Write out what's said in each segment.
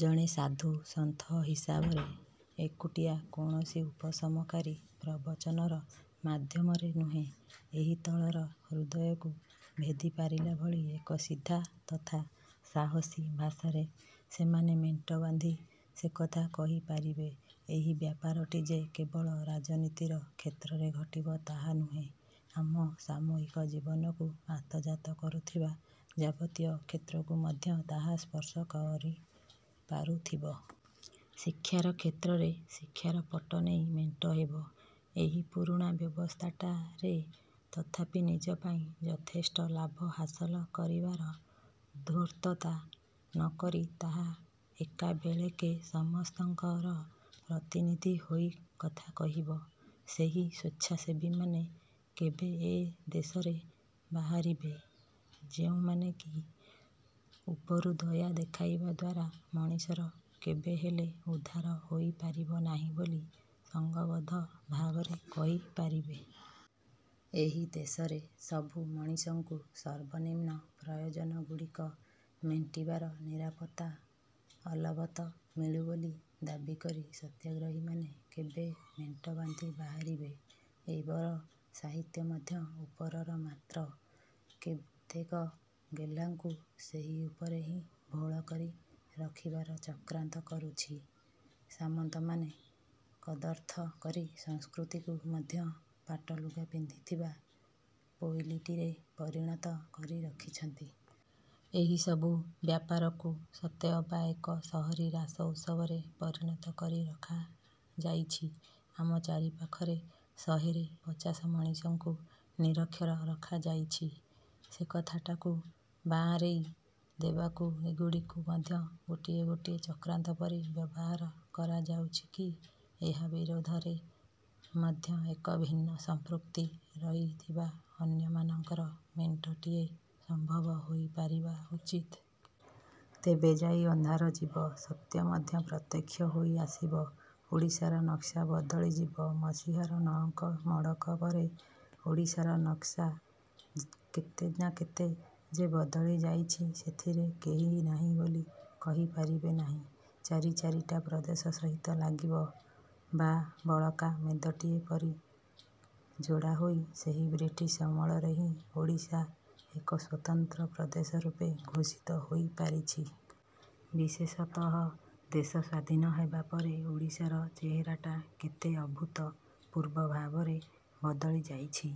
ଜଣେ ସାଧୁ ସନ୍ଥ ହିସାବରେ ଏକୁଟିଆ କୌଣସି ଉପଶମକାରୀ ପ୍ରବଚନର ମାଧ୍ୟମରେ ନୁହେଁ, ଏହି ତଳର ହୃଦୟକୁ ଭେଦି ପାରିଲାଭଳି ଏକ ସିଧା ତଥା ସାହସୀ ଭାଷାରେ ସେମାନେ ମେଣ୍ଟ ବାନ୍ଧି ସେକଥା କହିପାରିବେ? ଏହି ବ୍ୟାପାରଟି ଯେ କେବଳ ରାଜନୀତିର କ୍ଷେତ୍ରରେ ଘଟିବ ତାହା ନୁହେଁ, ଆମ ସାମୂହିକ ଜୀବନକୁ ଆତଯାତ କରୁଥିବା ଯାବତୀୟ କ୍ଷେତ୍ରକୁ ମଧ୍ୟ ତାହା ସ୍ପର୍ଶ କରିପାରୁଥିବ। ଶିକ୍ଷାର କ୍ଷେତ୍ରରେ ଶିକ୍ଷାର ପଟ ନେଇ ମେଣ୍ଟ ହେବ। ଏହି ପୁରୁଣା ବ୍ୟବସ୍ଥାଟାରେ ତଥାପି ନିଜ ପାଇଁ ଯଥେଷ୍ଟ ଲାଭ ହାସଲ କରିବାର ଧୂର୍ତ୍ତତା ନକରି ତାହା ଏକାବେଳେକେ ସମସ୍ତଙ୍କର ପ୍ରତିନିଧି ହୋଇ କଥା କହିବ। ସେହି ସ୍ଵେଚ୍ଛାସେବୀମାନେ କେବେ ଏ ଦେଶରେ ବାହାରିବେ, ଯେଉଁମାନେ କି ଉପରୁ ଦୟା ଦେଖାଇବା ଦ୍ୱାରା ମଣିଷର କେବେହେଲେ ଉଦ୍ଧାର ହୋଇପାରିବ ନାହିଁ ବୋଲି ସଂଘବଦ୍ଧ ଭାବରେ କହିପାରିବେ? ଏହି ଦେଶରେ ସବୁ ମଣିଷଙ୍କୁ ସର୍ବନିମ୍ନ ପ୍ରୟୋଜନଗୁଡ଼ିକ ମେଣ୍ଟିବାର ନିରାପତ୍ତା ଅଲବତ ମିଳୁ ବୋଲି ଦାବିକରି ସତ୍ୟାଗ୍ରହୀମାନେ କେବେ ମେଣ୍ଟ ବାନ୍ଧି ବାହାରିବେ? ଏବର ସାହିତ୍ୟ ମଧ୍ୟ ଉପରର ମାତ୍ର କେତେକ ଗେହ୍ଲାଙ୍କୁ ସେହି ଉପରେ ହିଁ ଭୋଳ କରି ରଖିବାର ଚକ୍ରାନ୍ତ କରୁଛି, ସାମନ୍ତମାନେ କଦର୍ଥ କରି ସଂସ୍କୃତିକୁ ମଧ୍ୟ ପାଟଲୁଗା ପିନ୍ଧିଥିବା ପୋଇଲୀଟିରେ ପରିଣତ କରି ରଖିଛନ୍ତି। ଏହିସବୁ ବ୍ୟାପାରକୁ ସତେଅବା ଏକ ସହରୀ ରାସଉତ୍ସବରେ ପରିଣତ କରି ରଖାଯାଇଛି। ଆମ ଚାରିପାଖରେ ଶହେରେ ପଚାଶ ମଣିଷଙ୍କୁ ନିରକ୍ଷର ରଖାଯାଇଛି, ସେକଥାଟାକୁ ବାଆଁରେଇ ଦେବାକୁ ଏଗୁଡ଼ିକୁ ମଧ୍ୟ ଗୋଟିଏ ଗୋଟିଏ ଚକ୍ରାନ୍ତ ପରି ବ୍ୟବହାର କରାଯାଉଛି କି? ଏହା ବିରୋଧରେ ମଧ୍ୟ ଏକ ଭିନ୍ନ ସମ୍ପୃକ୍ତି ରହିଥିବା ଅନ୍ୟମାନଙ୍କର ମେଣ୍ଟଟିଏ ସମ୍ଭବ ହୋଇପାରିବା ଉଚିତ।। ତେବେ ଯାଇ ଅନ୍ଧାର ଯିବ। ସତ୍ୟ ମଧ୍ୟ ପ୍ରତ୍ୟକ୍ଷ ହୋଇ ଆସିବ। ଓଡ଼ିଶାର ନକ୍ସା ବଦଳିଯିବ ମସିହାର ନଅଙ୍କ ମଡ଼କ ପରେ ଓଡ଼ିଶାର ନକ୍ସା କେତେ ନା କେତେ ଯେ ବଦଳି ଯାଇଛି, ସେଥିରେ କେହି ନାହିଁ ବୋଲି କହିପାରିବେ ନାହିଁ। ଚାରି ଚାରିଟା ପ୍ରଦେଶ ସହିତ ଲାଗିବ ବା ବଳକା ମେଦଟିଏ ପରି ଯୋଡ଼ା ହୋଇ ସେହି ବ୍ରିଟିଶ ଅମଳରେ ହିଁ ଓଡ଼ିଶା ଏକ ସ୍ଵତନ୍ତ୍ର ପ୍ରଦେଶ ରୂପେ ଘୋଷିତ ହୋଇପାରିଛି। ବିଶେଷତଃ ଦେଶ ସ୍ୱାଧୀନ ହେବା ପରେ ଓଡ଼ିଶାର ଚେହେରାଟା କେତେ ଅଭୂତପୂର୍ବ ଭାବରେ ବଦଳି ଯାଇଛି।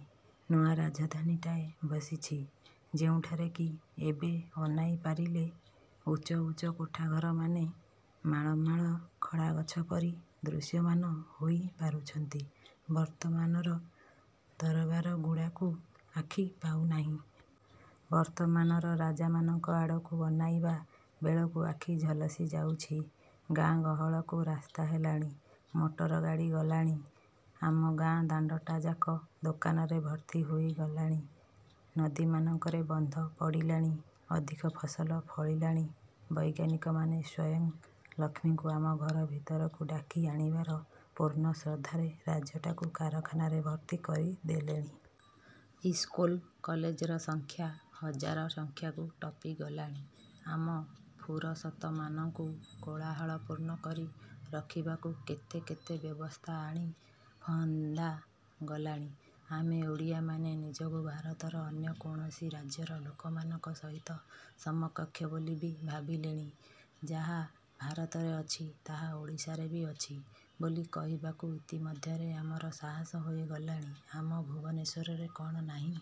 ନୂଆ ରାଜଧାନୀଟାଏ ବସିଛି, ଯେଉଁଠାରେ କି ଏବେ ଅନାଇ ପାରିଲେ ଉଚ୍ଚ ଉଚ୍ଚ କୋଠାଘରମାନେ ମାଳ ମାଳ ଖଡ଼ାଗଛ ପରି ଦୃଶ୍ୟମାନ ହୋଇ ପାରୁଛନ୍ତି। ବର୍ତ୍ତମାନର ଦରବାରଗୁଡ଼ାକୁ ଆଖି ପାଉନାହିଁ। ବର୍ତ୍ତମାନର ରାଜାମାନଙ୍କ ଆଡ଼କୁ ଅନାଇବା ବେଳକୁ ଆଖି ଝଲସି ଯାଉଛି। ଗାଆଁ ଗହଳକୁ ରାସ୍ତା ହେଲାଣି, ମୋଟର ଗାଡ଼ି ଗଲାଣି, ଆମ ଗାଆଁ ଦାଣ୍ଡଟାଯାକ ଦୋକାନରେ ଭର୍ତ୍ତି ହୋଇଗଲାଣି। ନଦୀମାନଙ୍କରେ ବନ୍ଧ ପଡ଼ିଲାଣି, ଅଧିକ ଫସଲ ଫଳିଲାଣି। ବୈଜ୍ଞାନିକମାନେ ସ୍ୱୟଂ ଲକ୍ଷ୍ମୀଙ୍କୁ ଆମ ଘର ଭିତରକୁ ଡ଼ାକି ଆଣିବାର ପୂର୍ଣ୍ଣ ଶ୍ରଦ୍ଧାରେ ରାଜ୍ୟଟାକୁ କାରଖାନାରେ ଭର୍ତ୍ତି କରିଦେଲେଣି-। ଇସ୍କୁଲ କଲେଜର ସଂଖ୍ୟା ହଜାର ସଂଖ୍ୟାକୁ ଟପି ଗଲାଣି। ଆମ ଫୁରସତମାନଙ୍କୁ କୋଳାହଳପୂର୍ଣ୍ଣ କରି ରଖିବାକୁ କେତେ କେତେ ବ୍ୟବସ୍ଥା ଆଣି ଫନ୍ଦା ଗଲାଣି। ଆମେ ଓଡ଼ିଆମାନେ ନିଜକୁ ଭାରତର ଅନ୍ୟ ଯେକୌଣସି ରାଜ୍ୟର ଲୋକମାନଙ୍କ ସହିତ ସମକକ୍ଷ ବୋଲି ବି ଭାବିଲେଣି। ଯାହା ଭାରତରେ ଅଛି, ତାହା ଓଡ଼ିଶାରେ ବି ଅଛି ବୋଲି କହିବାକୁ ଇତିମଧ୍ୟରେ ଆମର ସାହସ ହୋଇଗଲାଣି। ଆମ ଭୁବନେଶ୍ୱରରେ କ'ଣ ନାହିଁ